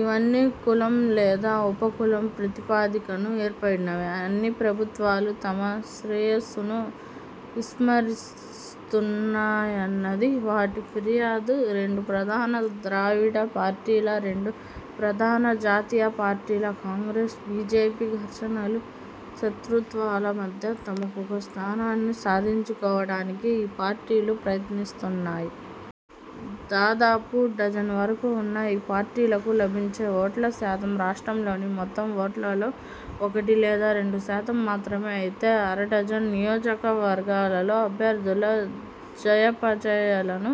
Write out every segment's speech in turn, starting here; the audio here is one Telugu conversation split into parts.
ఇవన్నీ కులం లేదా ఉప కులం ప్రాతిపదికన ఏర్పడినవే. అన్ని ప్రభుత్వాలూ తమ శ్రేయస్సును విస్మరిస్తున్నాయన్నది వాటి ఫిర్యాదు. రెండు ప్రధాన ద్రావిడ పార్టీల, రెండు ప్రధాన జాతీయ పార్టీల– కాంగ్రెస్, బీజేపీ– ఘర్షణలూ, శత్రుత్వాల మధ్య తమకొక స్థానాన్ని సాధించుకోవడానికి ఈ పార్టీలు ప్రయత్నిస్తున్నాయి. దాదాపు డజన్ వరకు వున్న ఈ పార్టీలకు లభించే ఓట్ల శాతం, రాష్ట్రంలోని మొత్తం ఓట్లలో ఒకటి లేదా రెండు శాతం మాత్రమే! అయితే అరడజన్ నియోజక వర్గాలలో అభ్యర్థుల జయాపజయాలను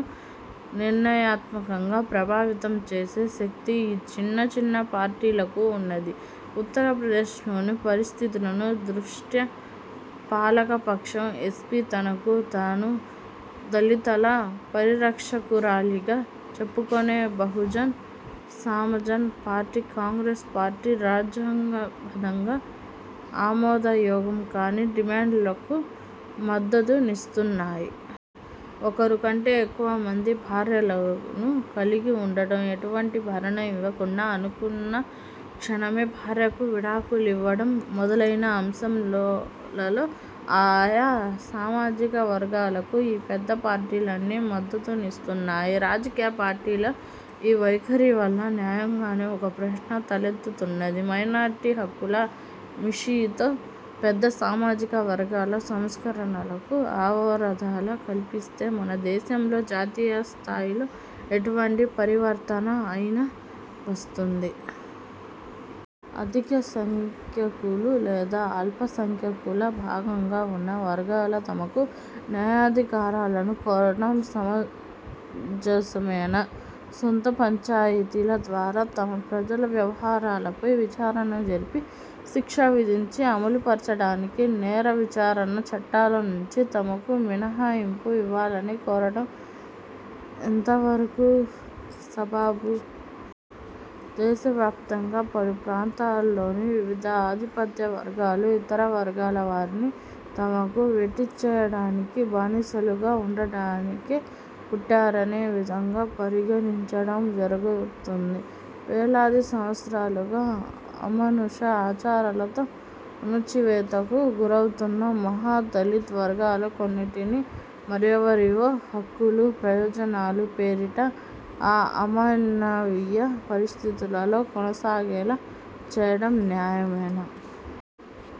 నిర్ణయాత్మకంగా ప్రభావితం చేసే శక్తి ఈ చిన్న చిన్న పార్టీలకు వున్నది. ఉత్తరప్రదేశ్లోని పరిస్థితుల దృష్ట్యా పాలకపక్షం ఎస్పీ, తనకు తాను దళితుల పరిరక్షకురాలిగా చెప్పుకొనే Bahujan Samaj party, Congress party రాజ్యాంగబద్ధంగా ఆమోదయోగ్యం కాని డిమాండ్లకు మద్దతునిస్తున్నాయి! ఒకరు కంటే ఎక్కువ మంది భార్యలను కలిగి వుండడం, ఎటువంటి భరణం ఇవ్వకుండా అనుకున్న క్షణమే భార్యకు విడాకుల్వివడం మొదలైన అంశాలలో ఆయా సామాజిక వర్గాలకు ఈ పెద్ద పార్టీలన్నీ మద్దతునిస్తున్నాయి. రాజకీయ పార్టీల ఈ వైఖరివల్ల న్యాయంగానే ఒక ప్రశ్న తలెత్తుతున్నది: మైనారిటీ హక్కుల మిషతో పెద్ద సామాజిక వర్గాలు సంస్కరణలకు అవరోధాలు కల్పిస్తే మన దేశంలో జాతీయస్థాయిలో ఎటువంటి పరివర్తన అయినా వస్తుంది. అధిక సంఖ్యాకులు లేదా అల్ప సంఖ్యాకుల భాగంగా వున్న వర్గాలు తమకు న్యాయాధికారాలను కోరడం సమంజసమేనా? సొంత పంచాయితీల ద్వారా తమ ప్రజల వ్యవహారాలపై విచారణ జరిపి, శిక్ష విధించి, అమలుపరచడానికి నేర విచారణా చట్టాల నుంచి తమకు మినహాయింపు ఇవ్వాలని కోరడం ఎంతవరకు సబబు? దేశవ్యాప్తంగా పలు ప్రాంతాలలోని వివిధ ఆధిపత్య వర్గాలు ఇతర వర్గాల వారిని తమకు వెట్టి చేయడానికి, బానిసలుగా వుండడానికే పుట్టారనే విధంగా పరిగణించడం జరుగుతోంది. వేలాది సంవత్సరాలుగా అమానుష ఆచారాలతో అణచివేతకు గురవుతున్న మహా దళిత్ వర్గాలు కొన్నిటిని, మరెవరివో 'హక్కులు', 'ప్రయోజనాలు'పేరిట ఆ అమానవీయ పరిస్థితులలో కొనసాగేలా చేయడం న్యాయమేనా?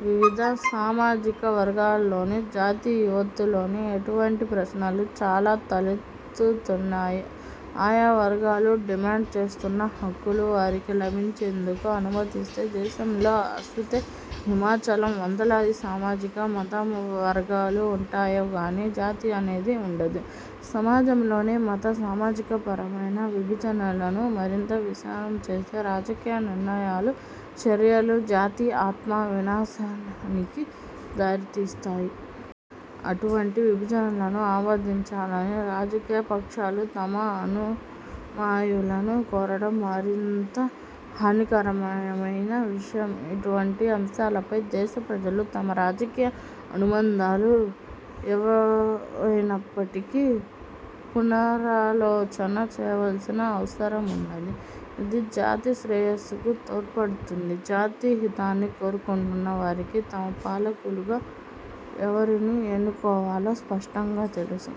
వివిధ సామాజిక వర్గాలలోను, జాతి యావత్తులోను ఇటువంటి ప్రశ్నలు చాలా తలెత్తుతున్నాయి. ఆయా వర్గాలు డిమాండ్ చేస్తున్న 'హక్కులు' వారికి లభించేందుకు అనుమతిస్తే దేశంలో ఆసేతు హిమాచలం వందలాది సామాజిక, మత వర్గాలు వుంటాయే గానీ జాతి అనేది వుండదు. సమాజంలోని మత, సామాజికపరమైన విభజనలను మరింత విశాలం చేసే రాజకీయ నిర్ణయాలు, చర్యలు జాతి ఆత్మ వినాశనానికి దారితీస్తాయి. అటువంటి విభజనలను ఆమోదించాలని రాజకీయపక్షాలు తమ అనుయాయులను కోరడం మరింత హానికరమైన విషయం. ఇటువంటి అంశాలపై దేశ ప్రజలు తమ రాజకీయ అనుబంధాలు ఏవైనప్పటికీ పునరాలోచన చేయవలసిన అవసరమున్నది. ఇది జాతి శ్రేయస్సుకు తోడ్పడుతుంది. జాతి హితాన్ని కోరుకొంటున్న వారికి తమ పాలకులుగా ఎవరిని ఎన్నుకోవాలో స్పష్టంగా తెలుసు.